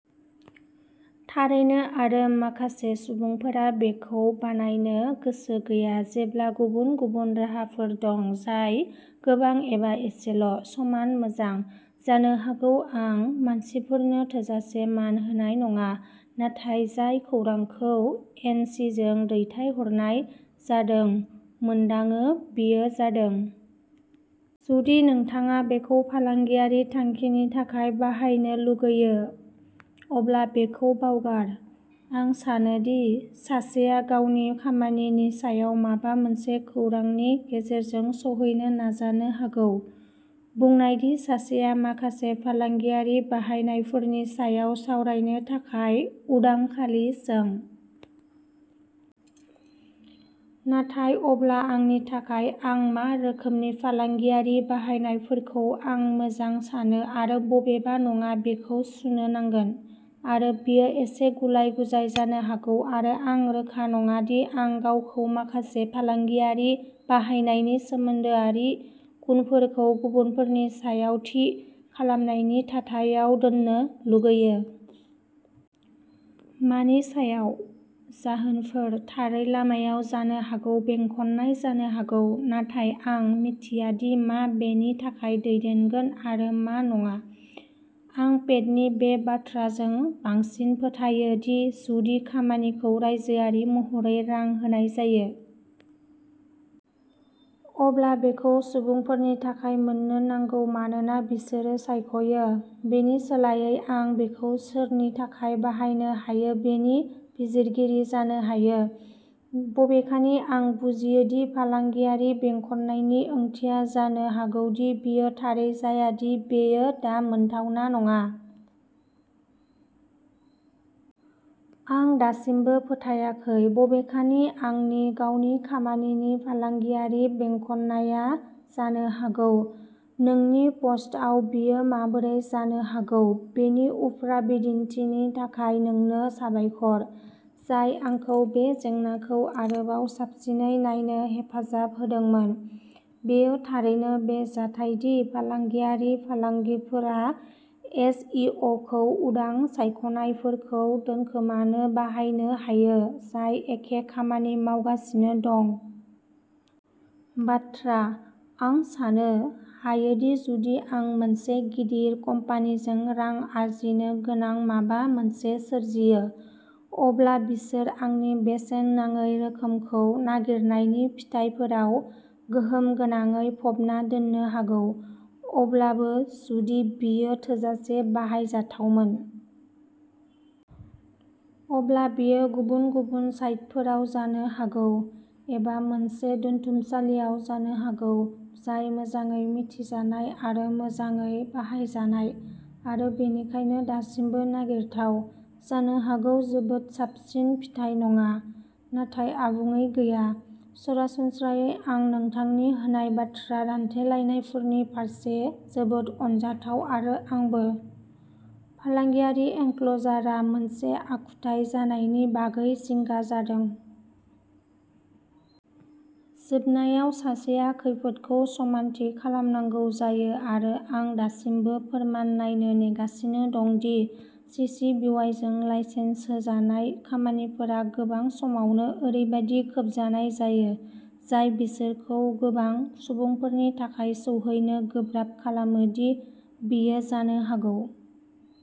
थारैनो। आरो माखासे सुबुंफोरा बेखौ बानायनो गोसो गैया जेब्ला गुबुन गुबुन राहाफोर दं जाय गोबां एबा एसेल' समान मोजां। जानो हागौ आं मानसिफोरनो थोजासे मान होनाय नङा। नाथाय जाय खौरांखौ एन सि जों दैथायहरनाय जादों मोनदाङो बेयो जादों। जुदि नोंथाङा बेखौ फालांगियारि थांखिनि थाखाय बाहायनो लुगैयो। अब्ला बेखौ बावगार। आं सानो दि सासेया गावनि खामानिनि सायाव माबा मोनसे खौरांनि गेजेरजों सौहैनो नाजानो हागौ। बुंनाय दि सासेया माखासे फालांगियारि बाहायनायफोरनि सायाव सावरायनो थाखाय उदां खालि सों। नाथाय अब्ला आंनि थाखाय आं मा रोखोमनि फालांगियारि बाहायनायफोरखौ आं मोजां सानो आरो बबेआ नङा बेखौ सुनो नांगोन। आरो बेयो एसे गुलाय-गुजाय जानो हागौ। आरो आं रोखा नङा दि आं गावखौ माखासे फालांगियारि बाहायनायनि सोमोन्दोआरि गुनफोरखौ गुबुनफोरनि सायाव थि खालामनायनि थाथायाव दोन्नो लुगैयो। मानि सायाव। जाहोनफोर थारै लामायाव जानो हागौ बेंखननाय जानो हागौ। नाथाय आं मिथिया दि मा बेनि थाखाय दैदेनगोन आरो मा नङा। आं पेटनि बे बाथ्राजों बांसिन फोथायजायो दि जुदि खामानिखौ रायजोआरि महरै रां होनाय जायो। अब्ला बेखौ सुबुंफोरनि थाखाय मोन्नो नांगौ मानोना बिसोरो सायख'यो। बेनि सोलायै आं बेखौ सोरनि थाखाय बाहायनो हायो बेनि बिजिरगिरि जानो हायो। बबेखानि आं बुजियो दि फालांगियारि बेंखननायनि ओंथिया जानो हागौ दि बेयो थारै जाया दि बेयो दा मोनथावना नङा। आं दासिमबो फोथायाखै बबेखानि आंनि गावनि खामानिनि फालांगियारि बेंखननाया जानो हागौ। नोंनि पस्टआव बेयो माबोरै जानो हागौ बेनि उफ्रा बिदिन्थिनि थाखाय नोंनो साबायखर। जाय आंखौ बे जेंनाखौ आरोबाव साबसिनै नायनो हेफाजाब होदोंमोन। बेयो थारैनो बे जाथाय दि फालांगियारि फालांगिफोरा एस इ अ खौ उदां ां सायख'नायफोरखौ दोनखोमानो बाहायनो हायो जाय एखे खामानि मावगासिनो दं। बाथ्रा। आं साननो हायोदि जुदि आं मोनसे गिदिर कम्पानिजों रां आरजिनो गोनां माबा मोनसे सोरजियो। अब्ला बिसोर आंनि बेसेन नाङै रोखोमखौ नागिरनायनि फिथायफोराव गोहोम गोनाङै फबना दोननो हागौ। अब्लाबो जुदि बेयो थोजासे बाहायजाथावमोन। अब्ला बेयो गुबुन-गुबुन साइटफोराव जानो हागौ एबा मोनसे दोनथुमसालियाव जानो हागौ जाय मोजाङै मिथिजानाय आरो मोजाङै बाहायजानाय आरो बेनिखायनो दासिमबो नागिरथाव। जानो हागौ जोबोद साबसिन फिथाय नङा। नाथाय आबुङै गैया। सरासनस्रायै आं नोंथांनि होनाय बाथ्रा दान्थेलायनायफोरनि फारसे जोबोद अनजाथाव आरो आंबो, फालांगियारि एनक्ल'जारआ मोनसे आखुथाय जानायनि बागै जिंगा जादों। जोबनायाव सासेया खैफोदफोरखौ समानथि खालामनांगौ जायो आरो आं दासिमबो फोरमान नायनो नेगासिनो दं दि सिसि-बिवाइजों लाइसेन्स होजानाय खामानिफोरा गोबां समावनो ओरैबायदि खोबजानाय जायो जाय बिसोरखौ गोबां सुबुंफोरनि थाखाय सौहैनो गोब्राब खालामो। दि बेयो जानो हागौ।